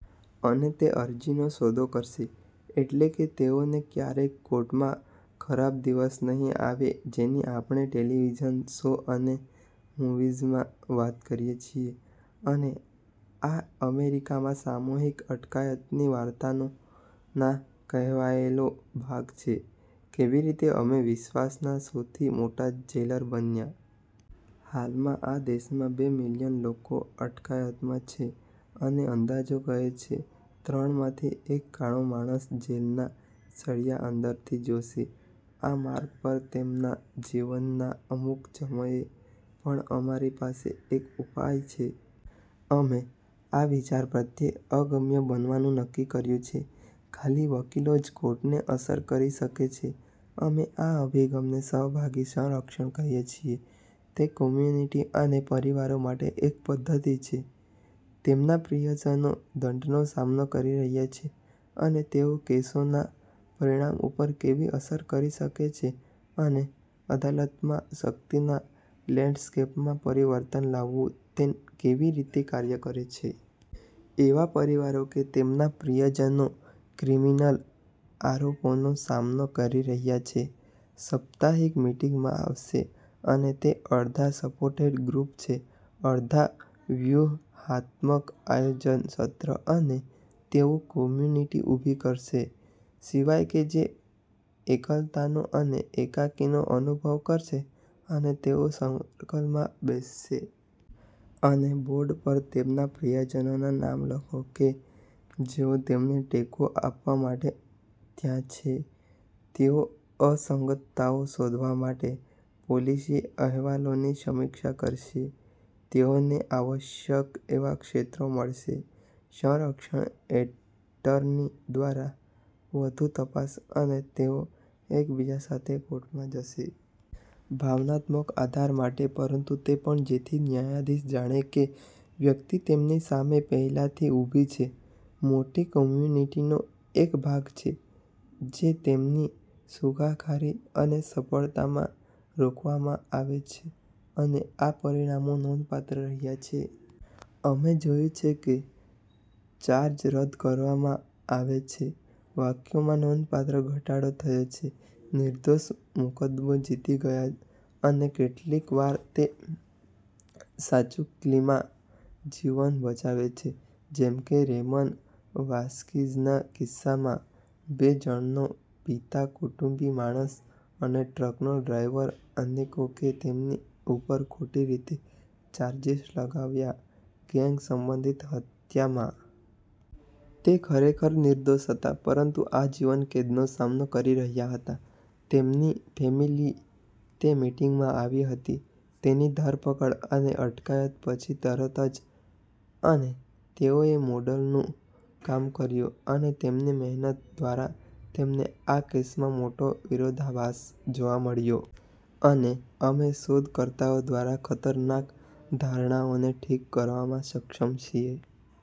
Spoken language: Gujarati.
અને તે અરજીનો સોદો કરશે. એટલે કે તેઓનો ક્યારેય કોર્ટમાં ખરાબ દિવસ નહિ આવે જેની આપણે ટેલિવિઝન શો અને મુવીઝમાં વાત કરીએ છીએ. અને આ અમેરિકામાં સામૂહિક અટકાયતની વાર્તાનો ના કહેવાયેલો ભાગ છે, કેવી રીતે અમે વિશ્વના સૌથી મોટા જેલર બન્યા. હાલમાં આ દેશમાં બે મિલિયન લોકો અટકાયતમાં છે અને અંદાજો કહે છે ત્રણમાંથી એક કાળો માણસ જેલના સળિયા અંદરથી જોશે આ માર્ગ પર તેમના જીવનના અમુક સમયે. પણ અમારી પાસે એક ઉપાય છે. અમે આ વિચાર પ્રત્યે અગમ્ય બનવાનું નક્કી કર્યું છે. ખાલી વકીલો જ કોર્ટને અસર કરી શકે છે. અમે આ અભિગમને "સહભાગી સંરક્ષણ" કહિએ છીએ. તે કમ્યુનિટી અને પરિવારો માટે એક પદ્ધતિ છે. તેમના પ્રિયજનો દંડનો સામનો કરી રહ્યા છે અને તેઓ કેસોના પરિણામ ઉપર કેવી અસર કરી શકે છે અને અદાલતમાં શક્તિના લેન્ડસ્કેપમાં પરિવર્તન લાવવું તે કેવી રીતે કાર્ય કરે છે. એવા પરિવારો કે તેમના પ્રિયજનો ક્રિમીનલ આરોપોનો સામનો કરી રહ્યા છે સપ્તાહિક મિટિંગમાં આવશે, અને તે અડધા સપોર્ટેડ ગ્રુપ છે, અડધા વ્યૂહાત્મક આયોજન સત્ર અને તેઓ કમ્યુનિટી ઊભી કરશે સિવાય કે જે એકલતાનો અને એકાકી નો અનુભવ કરશે અને તેઓ સર્કલમાં બેસશે. અને બોર્ડ પર તેમના પ્રિયજનોના નામ લખો કે જેઓ તેમને ટેકો આપવા માટે ત્યાં છે. તેઓ અસંગતતાઓ શોધવા માટે પોલીસે અહેવાલોની સમીક્ષા કરશે, તેઓને આવશ્યક એવા ક્ષેત્રો મળશે, સંરક્ષણ એટર્ની દ્વારા વધુ તપાસ અને તેઓ એકબીજા સાથે કોર્ટમાં જશે. ભાવનાત્મક આધાર માટે પરંતુ તે પણ જેથી ન્યાયાધીશ જાણે કે વ્યક્તિ તેમની સામે પહેલાથી ઉભી છે મોટી કમ્યુનિટીનો એક ભાગ છે જે તેમની સુખાકારી અને સફળતામાં રોકવામાં આવે છે અને આ પરિણામો નોંધપાત્ર રહ્યા છે. અમે જોયું છે કે ચાર્જ રદ કરવામાં આવે છે. વાક્યોમાં નોંધપાત્ર ઘટાડો થયો છે. નિર્દોષ મુકદ્દમો જીતી ગયા અને કેટલીક વાર તે સાચુકલીમા જીવન બચાવે છે જેમકે રેમન વાસ્કિઝના કિસ્સામાં. બે જણનો પિતા, કુટુંબી માણસ, અને ટ્રકનો ડ્રાઈવર અનેકો કે તેમની ઉપર ખોટી રીતે ચાર્જીસ લગાવ્યા ગેંગ સંબંધિત હત્યા મા. તે ખરેખર નિર્દોષ હતા પરંતુ આજીવન કેદનો સામનો કરી રહ્યા હતા. રેમનની ફેમિલી તે મિટિંગમાં આવી હતી. તેની ધરપકડ અને અટકાયત પછી તરત જ અને તેઓએ મોડલનું કામ કર્યું અને તેમની મહેનત દ્વારા તેમને આ કેસમાં મોટો વિરોધાભાસ જોવા મળ્યો. અને અમે શોધ કરતાઓ દ્વારા ખતરનાક ધારણાઓને ઠીક કરવામાં સક્ષમ છીએ.